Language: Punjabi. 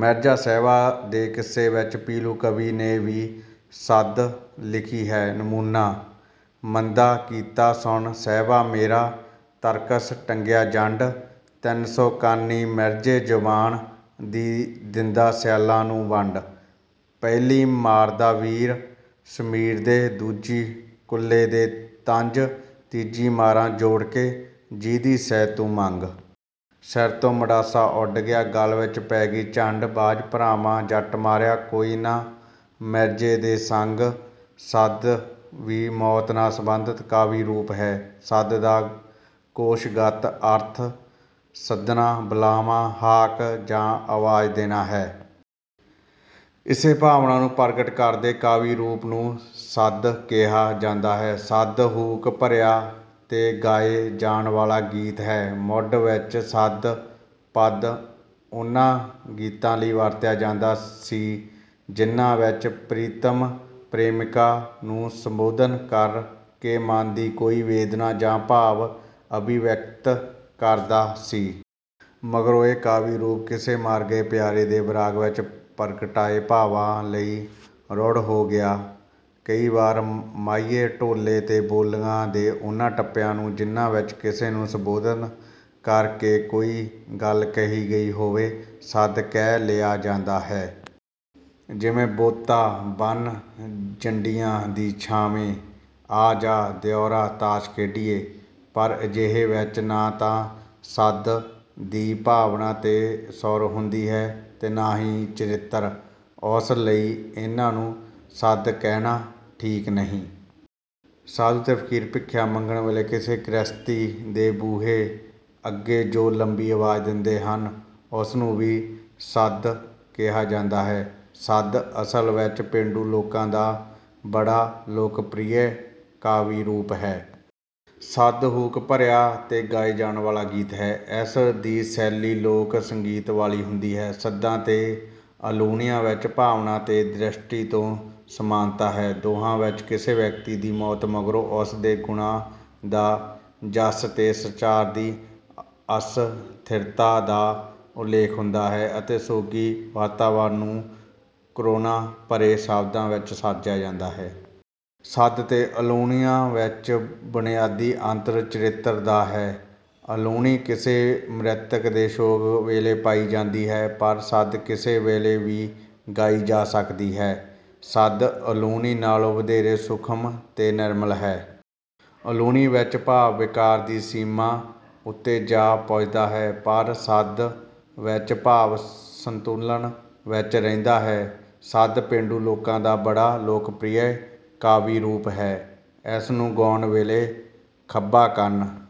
ਮਿਰਜ਼ਾ ਸਾਹਿਬਾਂ ਦੇ ਕਿੱਸੇ ਵਿੱਚ ਪੀਲੂ ਕਵੀ ਨੇ ਵੀ ਸੱਦ ਲਿਖੀ ਹੈ। ਨਮੂਨਾ: ਮੰਦਾ ਕੀਤਾ ਸੁਣ ਸਾਹਿਬਾਂ ਮੇਰਾ ਤਰਕਸ਼ ਟੰਗਿਆ ਜੰਡ। ਤਿੰਨ ਸੌ ਕਾਨੀ ਮਿਰਜ਼ੇ ਜੁਆਨ ਦੀ ਦਿੰਦਾ ਸਿਆਲਾਂ ਨੂੰ ਵੰਡ। ਪਹਿਲੀ ਮਾਰਦਾ ਵੀਰ ਸ਼ਮੀਰ ਦੇ, ਦੂਜੀ ਕੁੱਲੇ ਦੇ ਤੰਗ, ਤੀਜੀ ਮਾਰਾਂ ਜੋੜ ਕੇ ਜਿਹਦੀ ਸੈਂ ਤੂੰ ਮੰਗ। ਸਿਰ ਤੋਂ ਮੁੰਡਾਸਾ ਉੱਡ ਗਿਆ, ਗਲ ਵਿੱਚ ਪੈ ਗਈ ਝੰਡ, ਬਾਝ ਭਰਾਵਾਂ ਜੱਟ ਮਾਰਿਆ ਕੋਈ ਨਾ ਮਿਰਜ਼ੇ ਦੇ ਸੰਗ। ਸੱਦ ਵੀ ਮੌਤ ਨਾਲ਼ ਸੰਬੰਧਿਤ ਕਾਵਿ ਰੂਪ ਹੈ। ਸੱਦ ਦਾ ਕੋਸ਼ ਗਤ ਅਰਥ ਸੱਦਣਾ ਬੁਲਾਵਾ ਹਾਕ ਜਾਂ ਆਵਾਜ਼ ਦੇਣਾ ਹੈ। ਇਸੇ ਭਾਵਨਾ ਨੂੰ ਪ੍ਰਗਟ ਕਰਦੇ ਕਾਵਿ ਰੂਪ ਨੂੰ ਸੱਦ ਕਿਹਾ ਜਾਂਦਾ ਹੈ। ਸੱਦ ਹੂਕ ਭਰਿਆ ਤੇ ਗਾਏ ਜਾਣ ਵਾਲ਼ਾ ਗੀਤ ਹੈ। ਮੁੱਢ ਵਿੱਚ ਸੱਦ ਪਦ ਉਨ੍ਹਾਂ ਗੀਤਾਂ ਲਈ ਵਰਤਿਆ ਜਾਂਦਾ ਸੀ ਜਿਨ੍ਹਾਂ ਵਿੱਚ ਪ੍ਰੀਤਮ ਪ੍ਰੇਮਿਕਾ ਨੂੰ ਸੰਬੋਧਨ ਕਰ ਕੇ ਮਨ ਦੀ ਕੋਈ ਵੇਦਨਾ ਜਾਂ ਭਾਵ ਅਭਿਵਿਅਕਤ ਕਰਦਾ ਸੀ। ਮਗਰੋਂ ਇਹ ਕਾਵਿ ਰੂਪ ਕਿਸੇ ਮਰ ਗਏ ਪਿਆਰੇ ਦੇ ਵੈਰਾਗ ਵਿੱਚ ਪ੍ਰਗਟਾਏ ਭਾਵਾਂ ਲਈ ਰੂੜ੍ਹ ਹੋ ਗਿਆ। ਕਈ ਵਾਰ ਮਾਹੀਏ ਢੋਲੇ ਤੇ ਬੋਲੀਆਂ ਦੇ ਉਨ੍ਹਾਂ ਟੱਪਿਆਂ ਨੂੰ ਜਿਨ੍ਹਾਂ ਵਿੱਚ ਕਿਸੇ ਨੂੰ ਸੰਬੋਧਨ ਕਰ ਕੇ ਕੋਈ ਗੱਲ ਕਹੀ ਗਈ ਹੋਵੇ ਸੱਦ ਕਹਿ ਲਿਆ ਜਾਂਦਾ ਹੈ। ਜਿਵੇਂ: ਬੋਤਾ ਬੰਨ੍ਹ ਜੰਡੀਆਂ ਦੀ ਛਾਵੇਂ ਆ ਜਾ ਦਿਉਰਾ ਤਾਸ਼ ਖੇਡੀਏ। ਪਰ ਅਜਿਹੇ ਵਿੱਚ ਨਾਂ ਤਾਂ ਸੱਦ ਦੀ ਭਾਵਨਾ ਤੇ ਸੁਰ ਹੁੰਦੀ ਹੈ ਅਤੇ ਨਾ ਹੀ ਚਰਿੱਤਰ। ਉਸ ਲਈ ਇਨ੍ਹਾਂ ਨੂੰ ਸੱਦ ਕਹਿਣਾ ਠੀਕ ਨਹੀਂ। ਸਾਧੂ ਤੇ ਫ਼ਕੀਰ ਭਿੱਖਿਆ ਮੰਗਣ ਵੇਲ਼ੇ ਕਿਸੇ ਗ੍ਰਹਿਸਤੀ ਦੇ ਬੂਹੇ ਅੱਗੇ ਜੋ ਲੰਬੀ ਆਵਾਜ਼ ਦਿੰਦੇ ਹਨ ਉਸ ਨੂੰ ਵੀ ਸੱਦ ਕਿਹਾ ਜਾਂਦਾ ਹੈ। ਸੱਦ ਅਸਲ ਵਿੱਚ ਪੇਂਡੂ ਲੋਕਾਂ ਦਾ ਬੜਾ ਲੋਕਪ੍ਰਿਆ ਕਾਵਿ ਰੂਪ ਹੈ। ਸੱਦ ਹੂਕ ਭਰਿਆ ਤੇ ਗਾਏ ਜਾਣ ਵਾਲ਼ਾ ਗੀਤ ਹੈ। ਇਸ ਦੀ ਸ਼ੈਲੀ ਲੋਕ ਸੰਗੀਤ ਵਾਲ਼ੀ ਹੁੰਦੀ ਹੈ। ਸੱਦਾਂ ਤੇ ਅਲਾਹੁਣੀਆਂ ਵਿੱਚ ਭਾਵਨਾ ਤੇ ਦ੍ਰਿਸ਼ਟੀ ਤੋਂ ਸਮਾਨਤਾ ਹੈ। ਦੋਹਾਂ ਵਿੱਚ ਕਿਸੇ ਵਿਅਕਤੀ ਦੀ ਮੌਤ ਮਗਰੋਂ ਉਸ ਦੇ ਗੁਣਾਂ ਦਾ ਜੱਸ ਤੇ ਸੰਸਾਰ ਦੀ ਅਸਥਿਰਤਾ ਦਾ ਉੱਲੇਖ ਹੁੰਦਾ ਹੈ ਅਤੇ ਸੋਗੀ ਵਾਤਾਵਰਨ ਨੂੰ ਕਰੁਣਾ ਭਰੇ ਸ਼ਬਦਾਂ ਵਿੱਚ ਸਿਰਚਿਆ ਜਾਂਦਾ ਹੈ। ਸੱਦ ਤੇ ਅਲਾਹੁਣੀਆਂ ਵਿੱਚ ਬੁਨਿਆਦੀ ਅੰਤਰ ਚਰਿੱਤਰ ਦਾ ਹੈ। ਅਲਾਹੁਣੀ ਕਿਸੇ ਮ੍ਰਿਤਕ ਦੇ ਸੋਗ ਵੇਲ਼ੇ ਪਾਈ ਜਾਂਦੀ ਹੈ ਪਰ ਸੱਦ ਕਿਸੇ ਵੇਲ਼ੇ ਵੀ ਗਾਈ ਜਾ ਸਕਦੀ ਹੈ। ਸੱਦ ਅਲਾਹੁਣੀ ਨਾਲ਼ੋਂ ਵਧੇਰੇ ਸੂਖਮ ਤੇ ਨਿਰਮਲ ਹੈ। ਅਲਾਹੁਣੀ ਵਿੱਚ ਭਾਵ ਵਿਕਾਰ ਦੀ ਸੀਮਾ ਉੱਤੇ ਜਾ ਪੁੱਜਦਾ ਹੈ ਪਰ ਸੱਦ ਵਿੱਚ ਭਾਵ ਸੰਤੁਲਨ ਵਿੱਚ ਰਹਿੰਦਾ ਹੈ। ਸੱਦ ਪੇਂਡੂ ਲੋਕਾਂ ਦਾ ਬੜਾ ਲੋਕਪ੍ਰਿਆ ਕਾਵਿ ਰੂਪ ਹੈ। ਇਸ ਨੂੰ ਗਾਉਣ ਵੇਲ਼ੇ ਖੱਬਾ ਕੰਨ